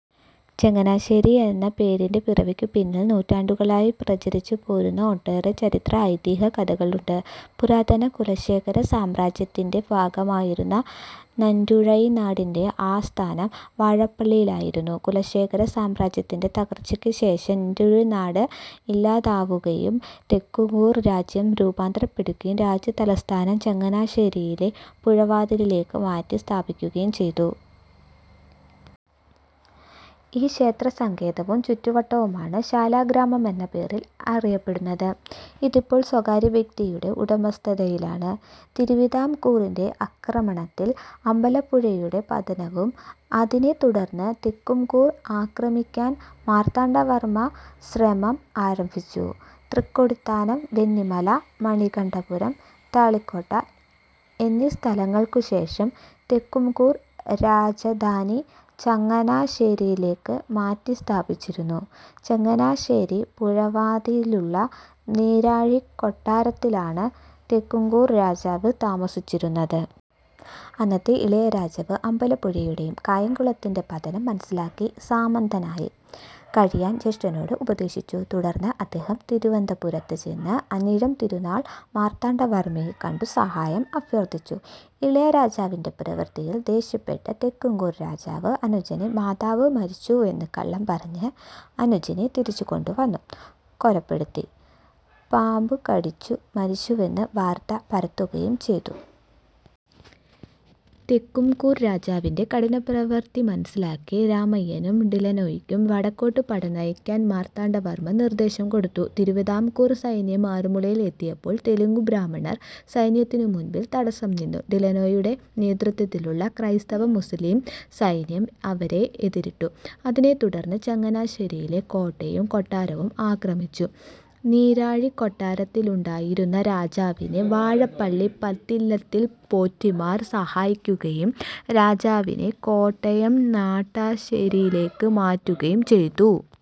ചങ്ങനാശ്ശേരി എന്ന പേരിൻറെ പിറവിക്കു പിന്നിൽ നൂറ്റാണ്ടുകളായി പ്രചരിച്ചു പോരുന്ന ഒട്ടേറെ ചരിത്ര, ഐതിഹ്യ കഥകളുണ്ട്. പുരാതന കുലശേഖര സാമ്രാജ്യത്തിന്റെ ഭാഗമായിരുന്ന നന്റുഴൈനാടിന്റെ ആസ്ഥാനം വാഴപ്പള്ളിയിലായിരുന്നു. കുലശേഖര സാമ്രാജ്യത്തിന്റെ തകർച്ചക്ക് ശേഷം ന്റെഴുനാട് ഇല്ലാതാവുകയും തെക്കുകൂർ രാജ്യം രൂപാന്തരപ്പെടുകയും രാജ്യ തലസ്ഥാനം ചങ്ങനാശ്ശേരിയിലെ പുഴവാതിലേക്ക് മാറ്റി സ്ഥാപിക്കുകയും ചെയ്തു. ഈ ക്ഷേത്രസങ്കേതവും ചുറ്റുവട്ടവുമാണ് ശാലഗ്രാമമെന്നപേരിൽ അറിയപ്പെടുന്നത്. ഇതിപ്പോൾ സ്വകാര്യവ്യക്തിയുടെ ഉടമസ്ഥതയിലാണ്. തിരുവിതാംകൂറിന്റെ ആക്രമണത്തിൽ അമ്പലപ്പുഴയുടെ പതനവും അതിനെത്തുടർന്ന് തെക്കുംകൂർ ആക്രമിക്കാൻ മാർത്താണ്ഡവർമ്മ ശ്രമം ആരംഭിച്ചു. തൃക്കൊടിത്താനം, വെന്നിമല, മണികണ്ഠപുരം, തളിക്കോട്ട, എന്നിസ്ഥലങ്ങൾക്കുശേഷം തെക്കുംകൂർ രാജധാനി ചങ്ങനാശ്ശേരിയിലേക്ക് മാറ്റിസ്ഥാപിച്ചിരുന്നു. ചങ്ങനാശ്ശേരി പുഴവാതിലുള്ള നീരാഴിക്കൊട്ടാരത്തിലാണ് തെക്കുംകൂർ രാജാവ് താമസിച്ചിരുന്നത്. അന്നത്തെ ഇളയരാജാവ് അമ്പലപ്പുഴയുടേയും കായങ്കുളത്തിന്റെ പതനം മനസ്സിലാക്കി സാമന്തനായി കഴിയാൻ ജ്യേഷ്ഠനോട് ഉപദേശിച്ചു, തുടർന്ന് അദ്ദേഹം തിരുവനന്തപുരത്ത് ചെന്ന് അനിഴം തിരുനാൾ മാർത്താണ്ഡവർമ്മയെ കണ്ടു സഹായം അഭ്യർത്ഥിച്ചു. ഇളയരാജാവിന്റെ പ്രവൃത്തിയിൽ ദേഷ്യപ്പെട്ട് തെക്കുംകൂർ രാജാവ് അനുജനെ മാതാവ് മരിച്ചുവെന്ന് കള്ളം പറഞ്ഞ് അനുജനെ തിരിച്ചുകൊണ്ടുവന്നു കൊലപ്പെടുത്തി പാമ്പുകടിച്ചു മരിച്ചുവെന്ന് വാർത്ത പരത്തുകയും ചെയ്തു. തെക്കുംകൂർ രാജാവിന്റെ കഠിനപൃവർത്തു മനസ്സിലാക്കി രാമയ്യനും ഡിലനോയിക്കും വടക്കോട്ട് പടനയിക്കാൻ മാർത്താണ്ഡവർമ്മ നിർദ്ദേശം കൊടുത്തു. തിരുവിതാംകൂർ സൈന്യം ആറന്മുളയിൽ എത്തിയപ്പോൾ തെലുങ്കു ബ്രാഹ്മണർ സൈന്യത്തിനു മുൻപിൽ തടസ്സം നിന്നു. ഡിലനോയിയുടെ നേതൃത്തത്തിലുള്ള ക്രൈസ്തവ-മുസ്ലിം സൈന്യം അവരെ എതിരിട്ടു. അതിനെത്തുടന്ന് ചങ്ങനാശ്ശേരിയിലെ കോട്ടയും കൊട്ടാരവും ആക്രമിച്ചു. നീരാഴിക്കൊട്ടാരത്തിലുണ്ടായിരുന്ന രാജാവിനെ വാഴപ്പള്ളി പത്തില്ലത്തിൽ പോറ്റിമാർ സഹായിക്കുകയും രാജാവിനെ കോട്ടയം നട്ടാശ്ശേരിയിലേക്ക് മാറ്റുകയും ചെയ്തു.